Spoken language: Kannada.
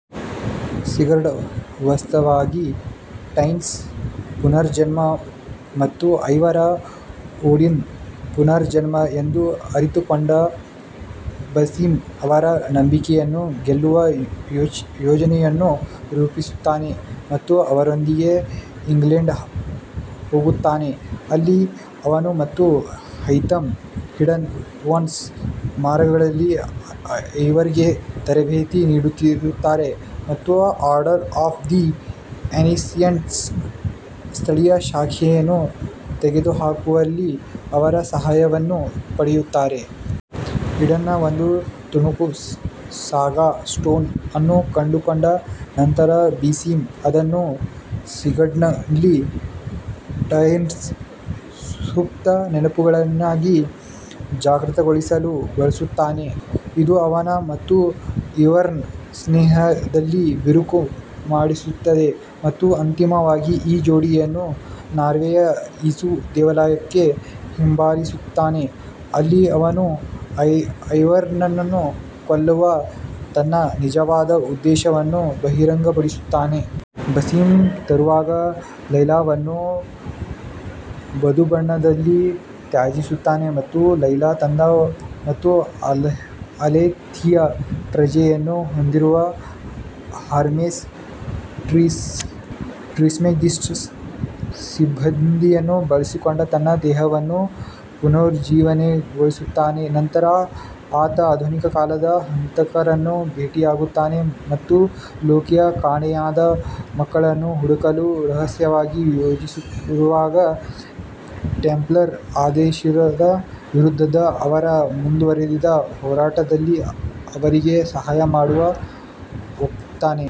ಸಿಗರ್ಡ್ ವಾಸ್ತವವಾಗಿ ಟೈರ್ನ ಪುನರ್ಜನ್ಮ ಮತ್ತು ಐವರ್ ಓಡಿನ್ನ ಪುನರ್ಜನ್ಮ ಎಂದು ಅರಿತುಕೊಂಡ ಬಸಿಮ್ ಅವರ ನಂಬಿಕೆಯನ್ನು ಗೆಲ್ಲುವ ಯೋಜನೆಯನ್ನು ರೂಪಿಸುತ್ತಾನೆ ಮತ್ತು ಅವರೊಂದಿಗೆ ಇಂಗ್ಲೆಂಡ್ಗೆ ಹೋಗುತ್ತಾನೆ, ಅಲ್ಲಿ ಅವನು ಮತ್ತು ಹೈಥಮ್ ಹಿಡನ್ ಒನ್ಸ್ ಮಾರ್ಗಗಳಲ್ಲಿ ಐವರ್ಗೆ ತರಬೇತಿ ನೀಡುತ್ತಾರೆ ಮತ್ತು ಆರ್ಡರ್ ಆಫ್ ದಿ ಏನ್ಸಿಯಂಟ್ಸ್ನ ಸ್ಥಳೀಯ ಶಾಖೆಯನ್ನು ತೆಗೆದುಹಾಕುವಲ್ಲಿ ಅವಳ ಸಹಾಯವನ್ನು ಪಡೆಯುತ್ತಾರೆ. ಈಡನ್ ನ ಒಂದು ತುಣುಕು, ಸಾಗಾ ಸ್ಟೋನ್ ಅನ್ನು ಕಂಡುಕೊಂಡ ನಂತರ, ಬೇಸಿಮ್ ಅದನ್ನು ಸಿಗರ್ಡ್ನಲ್ಲಿ ಟೈರ್ನ ಸುಪ್ತ ನೆನಪುಗಳನ್ನು ಜಾಗೃತಗೊಳಿಸಲು ಬಳಸುತ್ತಾನೆ, ಇದು ಅವನ ಮತ್ತು ಐವರ್ನ ಸ್ನೇಹದಲ್ಲಿ ಬಿರುಕು ಮೂಡಿಸುತ್ತದೆ ಮತ್ತು ಅಂತಿಮವಾಗಿ ಈ ಜೋಡಿಯನ್ನು ನಾರ್ವೆಯ ಇಸು ದೇವಾಲಯಕ್ಕೆ ಹಿಂಬಾಲಿಸುತ್ತಾನೆ, ಅಲ್ಲಿ ಅವನು ಐವರ್ನನ್ನು ಕೊಲ್ಲುವ ತನ್ನ ನಿಜವಾದ ಉದ್ದೇಶವನ್ನು ಬಹಿರಂಗಪಡಿಸುತ್ತಾನೆ. ಬಾಸಿಮ್ ತರುವಾಯ ಲೈಲಾವನ್ನು ಬೂದುಬಣ್ಣದಲ್ಲಿ ತ್ಯಜಿಸುತ್ತಾನೆ ಮತ್ತು ಲೈಲಾ ತಂದ ಮತ್ತು ಅಲೆಥಿಯ ಪ್ರಜ್ಞೆಯನ್ನು ಹೊಂದಿರುವ ಹರ್ಮೆಸ್ ಟ್ರಿಸ್ಮೆಗಿಸ್ಟಸ್ನ ಸಿಬ್ಬಂದಿಯನ್ನು ಬಳಸಿಕೊಂಡು ತನ್ನ ದೇಹವನ್ನು ಪುನರುಜ್ಜೀವನಗೊಳಿಸುತ್ತಾನೆ. ನಂತರ ಆತ ಆಧುನಿಕ ಕಾಲದ ಹಂತಕರನ್ನು ಭೇಟಿಯಾಗುತ್ತಾನೆ ಮತ್ತು ಲೋಕಿಯ ಕಾಣೆಯಾದ ಮಕ್ಕಳನ್ನು ಹುಡುಕಲು ರಹಸ್ಯವಾಗಿ ಯೋಜಿಸುತ್ತಿರುವಾಗ, ಟೆಂಪ್ಲರ್ ಆದೇಶದ ವಿರುದ್ಧದ ಅವರ ಮುಂದುವರಿದ ಹೋರಾಟದಲ್ಲಿ ಅವರಿಗೆ ಸಹಾಯ ಮಾಡಲು ಒಪ್ಪುತ್ತಾನೆ.